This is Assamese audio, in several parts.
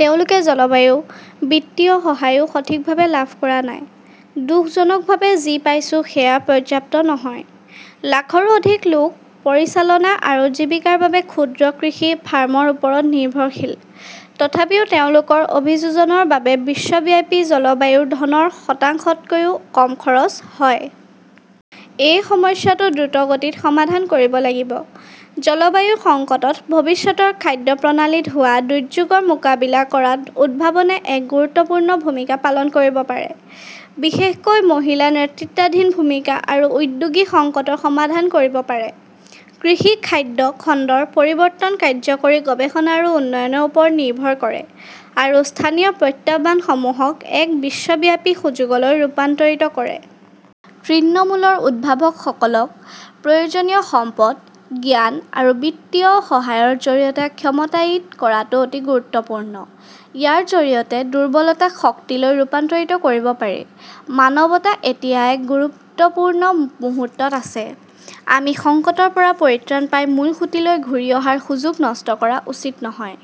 তেওঁলোকে জলবায়ু বিত্তীয় সহায়ও সঠিকভাৱে লাভ কৰা নাই। দুখজনকভাৱে যি পাইছো সেয়া পৰ্যাপ্ত নহয়। লাখৰো অধিক লোক পৰিচালনা আৰু জীৱিকাৰ বাবে ক্ষুদ্ৰ কৃষি ফাৰ্মৰ ওপৰত নিৰ্ভৰশীল। তথাপিও তেওঁলোকৰ অভিযোজনৰ বাবে বিশ্বব্যাপী জলবায়ুৰ ধনৰ শতাংশতকৈও কম খৰচ হয়। এই সমস্যাটো দ্ৰুতগতিত সমাধান কৰিব লাগিব। জলবায়ু সংকটত ভৱিষ্যতৰ খাদ্য প্ৰণালীত হোৱা দুৰ্যোগৰ মোকাবিলা কৰাত উদ্ভাৱনে এক গুৰুত্বপূৰ্ণ ভূমিকা পালন কৰিব পাৰে। বিশেষকৈ মহিলা নেতৃত্বাধীন ভূমিকা আৰু উদ্যোগই সংকটৰ সমাধান কৰিব পাৰে। কৃষি-খাদ্য খণ্ডৰ পৰিৱৰ্তন কাৰ্যকৰী গৱেষণা আৰু উন্নয়নৰ ওপৰত নিৰ্ভৰ কৰে আৰু স্থানীয় প্ৰত্যাহ্বানসমূহক এক বিশ্বব্যাপী সুযোগলৈ ৰূপান্তৰিত কৰে। তৃণমূলৰ উদ্ভাৱকসকলক প্ৰয়োজনীয় সম্পদ, জ্ঞান আৰু বিত্তীয় সহায়ৰ জৰিয়তে ক্ষমতায়িত কৰাটো অতি গুৰুত্বপূৰ্ণ। ইয়াৰ জৰিয়তে দুৰ্বলতাক শক্তিলৈ ৰূপান্তৰিত কৰিব পাৰি। মানৱতা এতিয়া এক গুৰুত্বপূৰ্ণ মুহূৰ্তত আছে। আমি সংকটৰ পৰা পৰিত্ৰাণ পাই মূলসুঁতিলৈ ঘূৰি অহাৰ সুযোগ নষ্ট কৰা উচিত নহয়।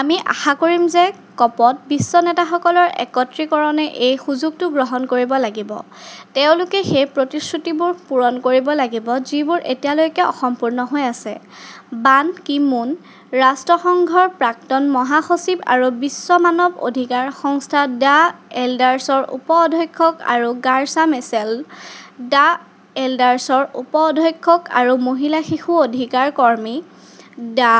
আমি আশা কৰিম যে কপ -ত বিশ্ব নেতাসকলৰ একত্ৰীকৰণে সেই সুযোগটো গ্ৰহণ কৰিব লাগিব। তেওঁলোকে সেই প্ৰতিশ্ৰুতিবোৰ পূৰণ কৰিব লাগিব যিবোৰ এতিয়ালৈকে অসম্পূৰ্ণ হৈ আছে। বান কি মুনঃ ৰাষ্ট্ৰসংঘৰ প্ৰাক্তন মহাসচিব আৰু বিশ্ব মানৱ অধিকাৰ সংস্থা দ্য এল্ডাৰ্ছৰ উপ-অধ্যক্ষ আৰু গাৰ্ছা মেচেলঃ দ্য এল্ডাৰ্ছৰ উপ-অধ্যক্ষ আৰু মহিলা-শিশু অধিকাৰ কৰ্মী; দ্য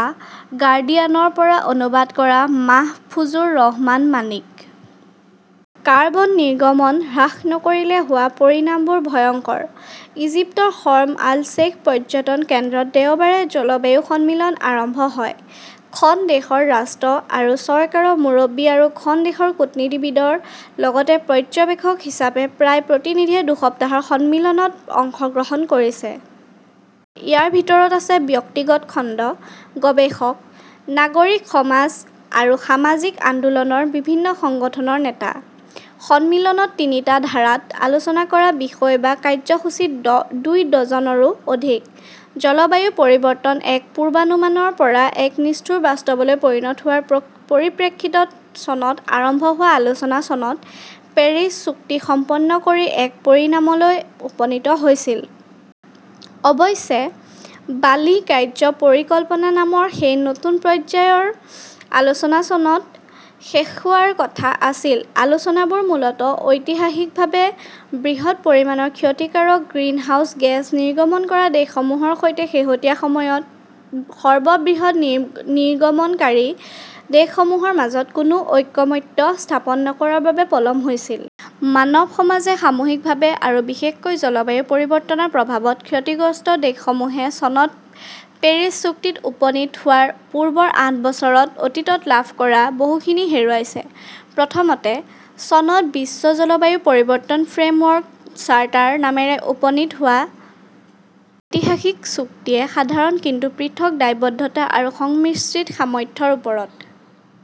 গাৰ্ডিয়ানৰ পৰা অনুবাদ কৰা মাহফুজুৰ ৰহমান মাণিক। কাৰ্বন নিৰ্গমন হ্ৰাস নকৰিলে হোৱা পৰিণামবোৰ ভয়ংকৰ ইজিপ্তৰ শৰ্ম আল-শ্বেইখ পৰ্যটন কেন্দ্ৰত দেওবাৰে জলবায়ু সন্মিলন আৰম্ভ হয়। খন দেশৰ ৰাষ্ট্ৰ আৰু চৰকাৰৰ মুৰব্বী আৰু খন দেশৰ কূটনীতিবিদৰ লগতে পৰ্যবেক্ষক হিচাপে প্ৰায় প্ৰতিনিধিয়ে দুসপ্তাহৰ সন্মিলনত অংশগ্ৰহণ কৰিছে। ইয়াৰ ভিতৰত আছে ব্যক্তিগত খণ্ড, গৱেষক, নাগৰিক সমাজ আৰু সামাজিক আন্দোলনৰ বিভিন্ন সংগঠনৰ নেতা। সন্মিলনত তিনিটা ধাৰাত আলোচনা কৰা বিষয় বা কাৰ্যসূচী দুই ডজনৰো অধিক। জলবায়ু পৰিৱৰ্তন এক পূৰ্বানুমানৰ পৰা এক নিষ্ঠুৰ বাস্তৱলৈ পৰিণত হোৱাৰ পৰিপ্ৰেক্ষিতত চনত আৰম্ভ হোৱা আলোচনা চনত পেৰিছ চুক্তি সম্পন্ন কৰি এক পৰিণামলৈ উপনীত হৈছিল। অৱশ্যে বালি কাৰ্য্য পৰিকল্পনা নামৰ সেই নতুন পৰ্যায়ৰ আলোচনা চনত শেষ হোৱাৰ কথা আছিল। আলোচনাবোৰ মূলতঃ ঐতিহাসিকভাৱে বৃহৎ পৰিমাণৰ ক্ষতিকাৰক গ্ৰিনহাউজ গেছ নিৰ্গমন কৰা দেশসমূহৰ সৈতে শেহতীয়া সময়ত সৰ্ববৃহৎ নিৰ্গমনকাৰী দেশসমূহৰ মাজত কোনো ঐক্যমত্য স্থাপন নকৰাৰ বাবে পলম হৈছিল। মানৱ সমাজে সামূহিকভাৱে আৰু বিশেষকৈ জলবায়ু পৰিৱৰ্তনৰ প্ৰভাৱত ক্ষতিগ্ৰস্ত দেশসমূহে চনত পেৰিছ চুক্তিত উপনীত হোৱাৰ পূৰ্বৰ আঠ বছৰত অতীতত লাভ কৰা বহুখিনি হেৰুৱাইছে। প্ৰথমতে, চনত বিশ্ব জলবায়ু পৰিৱৰ্তন ফ্ৰেমৱৰ্ক চাৰ্টাৰ নামেৰে উপনীত হোৱা ঐতিহাসিক চুক্তিয়ে সাধাৰণ কিন্তু পৃথক দায়বদ্ধতা আৰু সংমিশ্ৰিত সামৰ্থ্যৰ ওপৰত